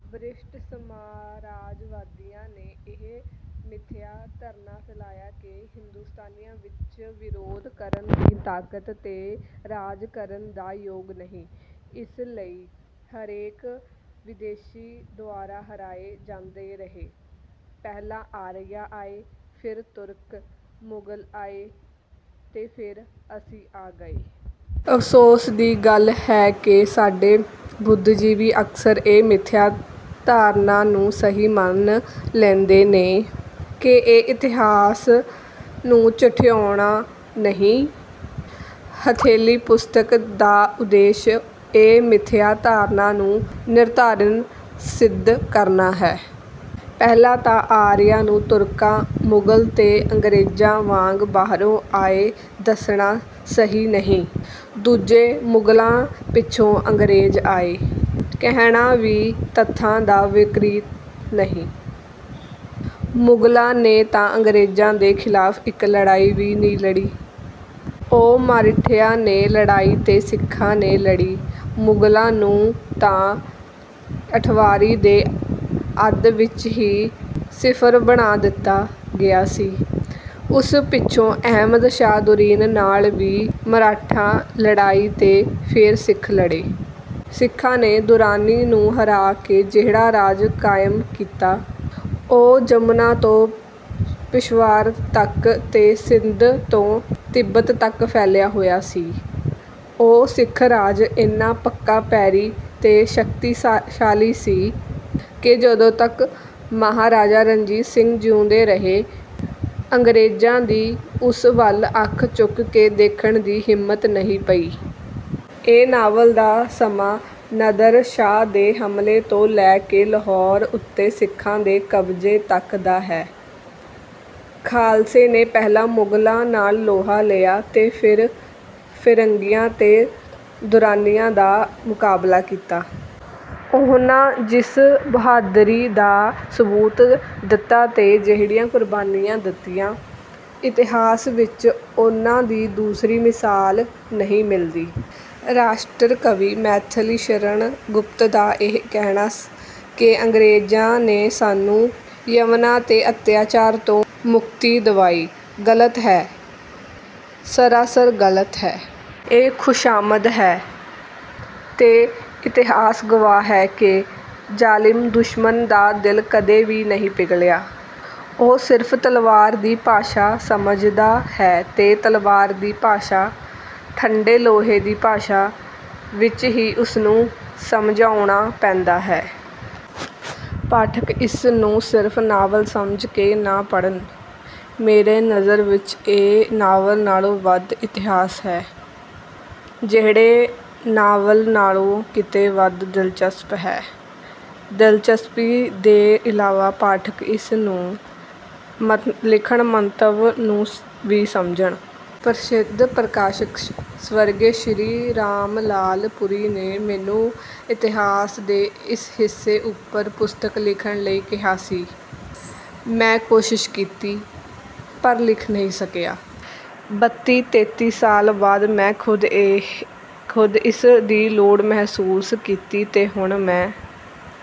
British ਸਾਮਰਾਜਵਾਦੀਆਂ ਨੇ ਇਹ ਮਿਥਿਆ ਧਾਰਨਾ ਫੈਲਾਈ ਕਿ ਹਿੰਦੁਸਤਾਨੀਆਂ ਵਿੱਚ ਵਿਰੋਧ ਕਰਨ ਦੀ ਤਾਕਤ ਤੇ ਰਾਜ ਕਰਨ ਦੀ ਯੋਗਤਾ ਨਹੀਂ, ਇਸ ਲਈ ਉਹ ਹਮੇਸ਼ਾ ਵਿਦੇਸ਼ੀਆਂ ਦੁਆਰਾ ਹਰਾਏ ਜਾਂਦੇ ਰਹੇ। ਪਹਿਲਾਂ ਆਰੀਆ ਆਏ, ਫੇਰ ਤੁਰਕ, ਮੁਗਲ ਆਏ ਤੇ ਫੇਰ ਅਸੀਂ ਆ ਗਏ। ਅਫ਼ਸੋਸ ਦੀ ਗੱਲ ਹੈ ਕਿ ਸਾਡੇ ਬੁੱਧੀਜੀਵੀ ਅਕਸਰ ਇਸ ਮਿਥਿਆ ਧਾਰਨਾ ਨੂੰ ਸਹੀ ਮੰਨ ਲੈਂਦੇ ਨੇ। ਕੀ ਇਹ ਇਤਿਹਾਸ ਨੂੰ ਝੁਠਿਆਉਣਾ ਨਹੀਂ? ਹੱਥਲੀ ਪੁਸਤਕ ਦਾ ਉਦੇਸ਼ ਇਸ ਮਿਥਿਆ ਧਾਰਨਾ ਨੂੰ ਨਿਰਆਧਾਰ ਸਿੱਧ ਕਰਨਾ ਹੈ। ਪਹਿਲਾਂ ਤਾਂ ਆਰੀਆਂ ਨੂੰ ਤੁਰਕਾਂ, ਮੁਗਲਾਂ ਤੇ ਅੰਗਰੇਜ਼ਾਂ ਵਾਂਗ ਬਾਹਰੋਂ ਆਏ ਦੱਸਣਾ ਸਹੀ ਨਹੀਂ। ਦੂਜਾ ਮੁਗਲਾਂ ਪਿੱਛੋਂ ਅੰਗਰੇਜ਼ ਆਏ, ਕਹਿਣਾ ਵੀ ਤੱਥਾਂ ਦੇ ਵਿਪਰੀਤ ਹੈ। ਮੁਗਲਾਂ ਨੇ ਤਾਂ ਅੰਗਰੇਜ਼ਾਂ ਦੇ ਖ਼ਿਲਾਫ਼ ਇੱਕ ਲੜਾਈ ਵੀ ਨਹੀਂ ਲੜੀ। ਉਹ ਮਰਾਠਿਆਂ ਨੇ ਲੜੀ ਤੇ ਸਿੱਖਾਂ ਨੇ ਲੜੀ। ਮੁਗਲਾਂ ਨੂੰ ਤਾਂ ਅਠਵਾਰੀ ਦੇ ਅੱਧ ਵਿੱਚ ਹੀ ਸਿਫਰ ਬਣਾ ਦਿੱਤਾ ਗਿਆ ਸੀ। ਉਸ ਪਿੱਛੋਂ ਅਹਿਮਦ ਸ਼ਾਹ ਦੁਰਾਨੀ ਨਾਲ ਵੀ ਮਰਾਠੇ ਲੜੇ ਤੇ ਫੇਰ ਸਿੱਖ ਲੜੇ। ਸਿੱਖਾਂ ਨੇ ਦੁਰਾਨੀ ਨੂੰ ਹਰਾ ਕੇ ਜਿਹੜਾ ਰਾਜ ਕਾਇਮ ਕੀਤਾ, ਉਹ ਜਮਨਾ ਤੋਂ ਪੇਸ਼ਾਵਰ ਤਕ ਤੇ ਸਿੰਧ ਤੋਂ ਤਿੱਬਤ ਤਕ ਫੈਲਿਆ ਹੋਇਆ ਸੀ। ਉਹ ਸਿੱਖ ਰਾਜ ਇੰਨਾ ਪੱਕੇ-ਪੈਰੀਂ ਤੇ ਸ਼ਕਤੀ-ਸ਼ਾਲੀ ਸੀ ਕਿ ਜਦੋਂ ਤਕ ਮਹਾਰਾਜਾ ਰਣਜੀਤ ਸਿੰਘ ਜਿਊਂਦੇ ਰਹੇ, ਅੰਗਰੇਜ਼ਾਂ ਦੀ ਉਸ ਵੱਲ ਅੱਖ ਚੁੱਕ ਕੇ ਦੇਖਣ ਦੀ ਹਿੰਮਤ ਨਹੀਂ ਪਈ। ਇਸ ਨਾਵਲ ਦਾ ਸਮਾਂ ਨਾਦਰ ਸ਼ਾਹ ਦੇ ਹਮਲੇ ਤੋਂ ਲੈ ਕੇ ਲਾਹੌਰ ਉੱਤੇ ਸਿੱਖਾਂ ਦੇ ਕਬਜ਼ੇ ਤਕ ਦਾ ਹੈ। ਖਾਲਸੇ ਨੇ ਪਹਿਲਾਂ ਮੁਗਲਾਂ ਨਾਲ ਲੋਹਾ ਲਿਆ ਤੇ ਫੇਰ ਫਿਰੰਗੀਆਂ ਤੇ ਦੁਰਾਨੀਆਂ ਦਾ ਮੁਕਾਬਲਾ ਕੀਤਾ। ਉਹਨਾਂ ਜਿਸ ਬਹਾਦੁਰੀ ਦਾ ਸਬੂਤ ਦਿੱਤਾ ਤੇ ਜਿਹੜੀਆਂ ਕੁਰਬਾਨੀਆਂ ਦਿੱਤੀਆਂ, ਇਤਿਹਾਸ ਵਿੱਚ ਉਹਨਾਂ ਦੀ ਦੂਜੀ ਮਿਸਾਲ ਨਹੀਂ ਮਿਲਦੀ। 'ਰਾਸ਼ਟਰ ਕਵੀ' ਮੈਥਿਲੀਸ਼ਰਣ ਗੁਪਤ ਦਾ ਇਹ ਕਹਿਣਾ ਕਿ ਅੰਗਰੇਜ਼ਾਂ ਨੇ ਸਾਨੂੰ ਯਵਨਾਂ ਦੇ ਅਤਿਆਚਾਰ ਤੋਂ ਮੁਕਤੀ ਦਿਵਾਈ, ਗਲਤ ਹੈ, ਸਰਾਸਰ ਗਲਤ ਹੈ। ਇਹ ਖੁਸ਼ਾਮਦ ਹੈ। ਤੇ ਇਤਿਹਾਸ ਗਵਾਹ ਹੈ ਕਿ ਜ਼ਾਲਮ ਦੁਸ਼ਮਨ ਦਾ ਦਿਲ ਕਦੀ ਵੀ ਨਹੀਂ ਪਿਘਲਿਆ। ਉਹ ਸਿਰਫ ਤਲਵਾਰ ਦੀ ਭਾਸ਼ਾ ਸਮਝਦਾ ਹੈ ਤੇ ਤਲਵਾਰ ਦੀ ਭਾਸ਼ਾ, ਠੰਡੇ ਲੋਹੇ ਦੀ ਭਾਸ਼ਾ, ਵਿੱਚ ਹੀ ਉਸਨੂੰ ਸਮਝਾਉਣਾ ਪੈਂਦਾ ਹੈ। ਪਾਠਕ ਇਸ ਨੂੰ ਸਿਰਫ ਨਾਵਲ ਸਮਝ ਕੇ ਨਾ ਪੜ੍ਹਨ। ਮੇਰੀ ਨਜ਼ਰ ਵਿੱਚ ਇਹ ਨਾਵਲ ਨਾਲੋਂ ਵੱਧ ਇਤਿਹਾਸ ਹੈ, ਜਿਹੜਾ ਨਾਵਲ ਨਾਲੋਂ ਕਿਤੇ ਵੱਧ ਦਿਲਚਸਪ ਹੈ। ਦਿਲਚਸਪੀ ਦੇ ਇਲਾਵਾ ਪਾਠਕ ਇਸ ਦੇ ਲਿਖਣ-ਮੰਤਵ ਨੂੰ ਵੀ ਸਮਝਣ। ਪ੍ਰਸਿੱਧ ਪ੍ਰਕਾਸ਼ਕ ਸਵਰਗੀ ਸ਼੍ਰੀ ਰਾਮਲਾਲ ਪੁਰੀ ਨੇ ਮੈਨੂੰ ਇਤਿਹਾਸ ਦੇ ਇਸ ਹਿੱਸੇ ਉੱਪਰ ਪੁਸਤਕ ਲਿਖਣ ਲਈ ਕਿਹਾ ਸੀ। ਮੈਂ ਕੋਸ਼ਿਸ਼ ਕੀਤੀ, ਪਰ ਲਿਖ ਨਹੀਂ ਸਕਿਆ। ਬੱਤੀ-ਤੇਤੀ ਸਾਲ ਬਾਅਦ ਮੈਂ ਖ਼ੁਦ ਇਸ ਦੀ ਲੋੜ ਮਹਿਸੂਸ ਕੀਤੀ ਤੇ ਹੁਣ ਮੈਂ